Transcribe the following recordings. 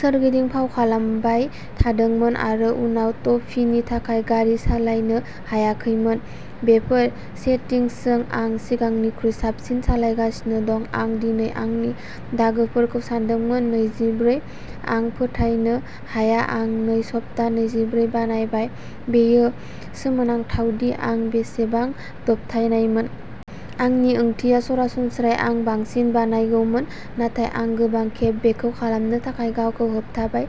सोरगिदिं फावखालामबाय थादोंमोन आरो उनाव टफीनि थाखाय गारि सालायनो हायाखैमोन। बेफोर सेटिंसजों आं सिगांनिख्रुइ साबसिन सालायगासिनो दं। आं दिनै आंनि दागोफोरखौ सानदोंमोन नैजिब्रै। आं फोथायनो हाया आं नै सप्तायाव नैजिब्रै बानायबाय। बेयो सोमोनांथावदि आं बेसेबां दबथायनायमोन। आंनि ओंथिया, सरासनस्रायै आं बांसिन बानायगौमोन, नाथाय आं गोबां खेब बेखौ खालामनो थाखाय गावखौ होबथायबाय।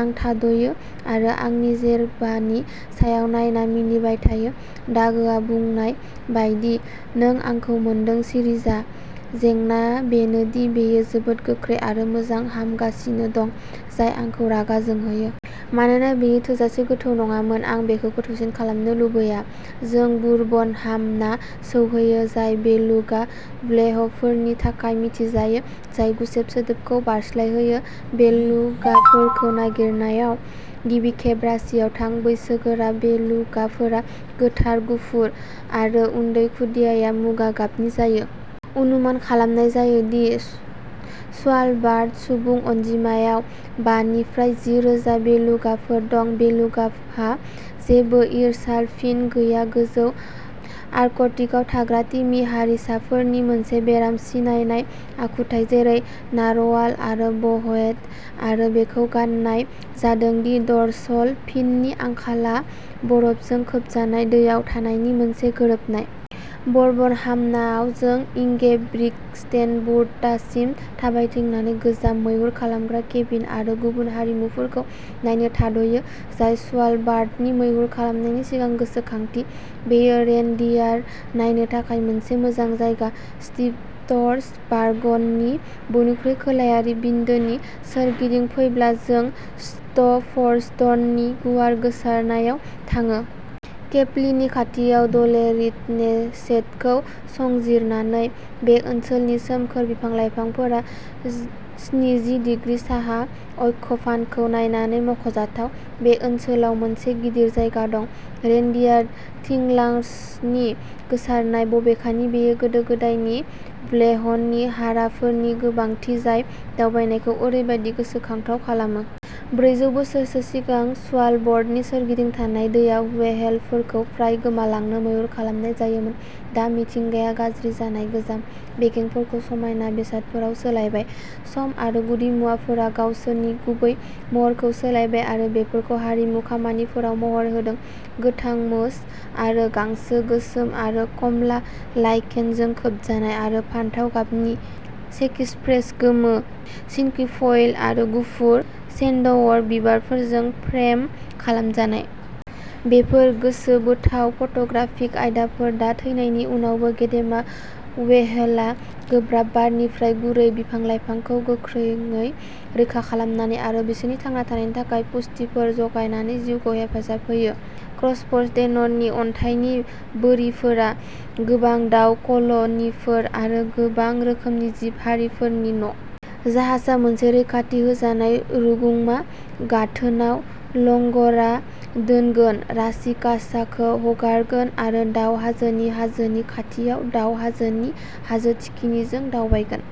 आं थाद'यो आरो आंनि जेरबानि सायाव नायना मिनिबाय थायो। दागोआ बुंनाय बायदि; "नों आंखौ मोनदों, सिरि जा।" जेंनाआ बेनो दि बेयो जोबोद गोख्रै आरो मोजां हामगासिनो दं जाय आंखौ रागा जोंहोयो। मानोना बेयो थोजासे गोथौ नङामोन। आं बेखौ गोथौसिन खालामनो लुबैया। जों बुरबनहामना सौहैयो, जाय बेलुगा व्हेलफोरनि थाखाय मिथिजायो जाय गुसेब सोदोबखौ बारस्लायहोयो। बेलुगाफोरखौ नागिरनायाव गिबि खेब राशियाव थां। बैसोगोरा बेलुगाफोरा गोथार गुफुर। आरो उन्दै खुदियाया मुगा गाबनि जायो। अनुमान खालामनाय जायो दि स्वालबार्ड सुबुं अनजिमायाव बा निफ्राय जि रोजा बेलुगाफोर दं। बेलुगाहा जेबो डर्सल फिन गैया-गोजौ आर्कटिकआव थाग्रा तिमि हारिसाफोरनि मोनसे बेराम सिनायनाय आखुथाय जेरै नारवाल आरो ब'हेड-आरो बेखौ गनायनाय जादों दि डर्सल फिननि आंखालआ बरफजों खोबजानाय दैयाव थानायनि मोनसे गोरोबनाय। बरबनहामनाआव जों इंगेब्रिगस्टेनबुक्तासिम थाबायथिंनानै गोजाम मैहुर खालामग्रा केबिन आरो गुबुन आरिमुफोरखौ नायनो थाथ'यो, जाय स्वालबार्डनि मैहुर खालामनायनि सिगांनि गोसोखांथि। बेयो रेनडियार नायनो थाखाय मोनसे मोजां जायगा। स्पिट्सबार्गेननि बयनिख्रुइबो खोलायारि बिन्दोनि सोरगिदिं फैब्ला, जों स्टर्फजर्डननि गुवार गोसारनायाव थाङो। केप लीनि खाथियाव ड'लेरिटनेसेटखौ संजिरनानै, बे ओनसोलनि सोमखोर बिफां-लाइफांफोरा स्निजि दिग्रि साहा अक्षफानखौ नायनानै मख'जाथाव। बे ओनसोलाव मोनसे गिदिर जायगा दं। रेनडियार थिंलार्सनि गोसारनाय, बबेखानि, बेयो गोदो-गोदायनि व्हेलनि हाराफोरनि गोबांथि जाय दावबायनायखौ ओरैबायदि गोसोखांथाव खालामो। ब्रैजौ बोसोरसो सिगां, स्वालबार्डनि सोरगिदिं थानाय दैयाव व्हेलफोरखौ फ्राय गोमालांनो मैहुर खालामनाय जायोमोन। दा मिथिंगाया गाज्रि जानाय गोजाम बेगेंफोरखौ समायना बेसादफोराव सोलायबाय। सम आरो गुदिमुवाफोरा गावसोरनि गुबै महरखौ सोलायबाय आरो बेफोरखौ आरिमुनि खामानिफोराव महर होदों, गोथां मोस आरो गांसो, गोसोम आरो खमला लाइकेनजों खोबजानाय आरो फान्थाव गाबनि सेक्सिफ्रेज, गोमो सिनकुफइल आरो गुफुर सेन्डवर्ट बिबारफोरजों फ्रेम खालामजानाय। बेफोर गोसोबोथाव फट'ग्राफिक आयदाफोर। दा, थैनायनि उनावबो, गेदेमा व्हेलआ गोब्राब बारनिफ्राय गुरै बिफां-लाइफांफोरखौ गोख्रोंयै रैखा खालामनानै आरो बिसोरनि थांना थानायनि थाखाय पुष्टिफोर जगायनानै जिउखौ हेफाजाब होयो। क्रसफजर्डेननि अन्थाइनि बोरिफोरा गोबां दाव कल'निफोर आरो गोबां रोखोमनि जिब-हारिफोरनि न'। जाहाजआ मोनसे रैखाथि होजानाय रुंमा गाथोनआव लंग'रा दोनगोन, राशिकाखौ हगारगोन आरो दाउ हाजोनि हाजोनि खाथियाव दाव हाजोनि हाजो थिखिनिजों दावबायगोन।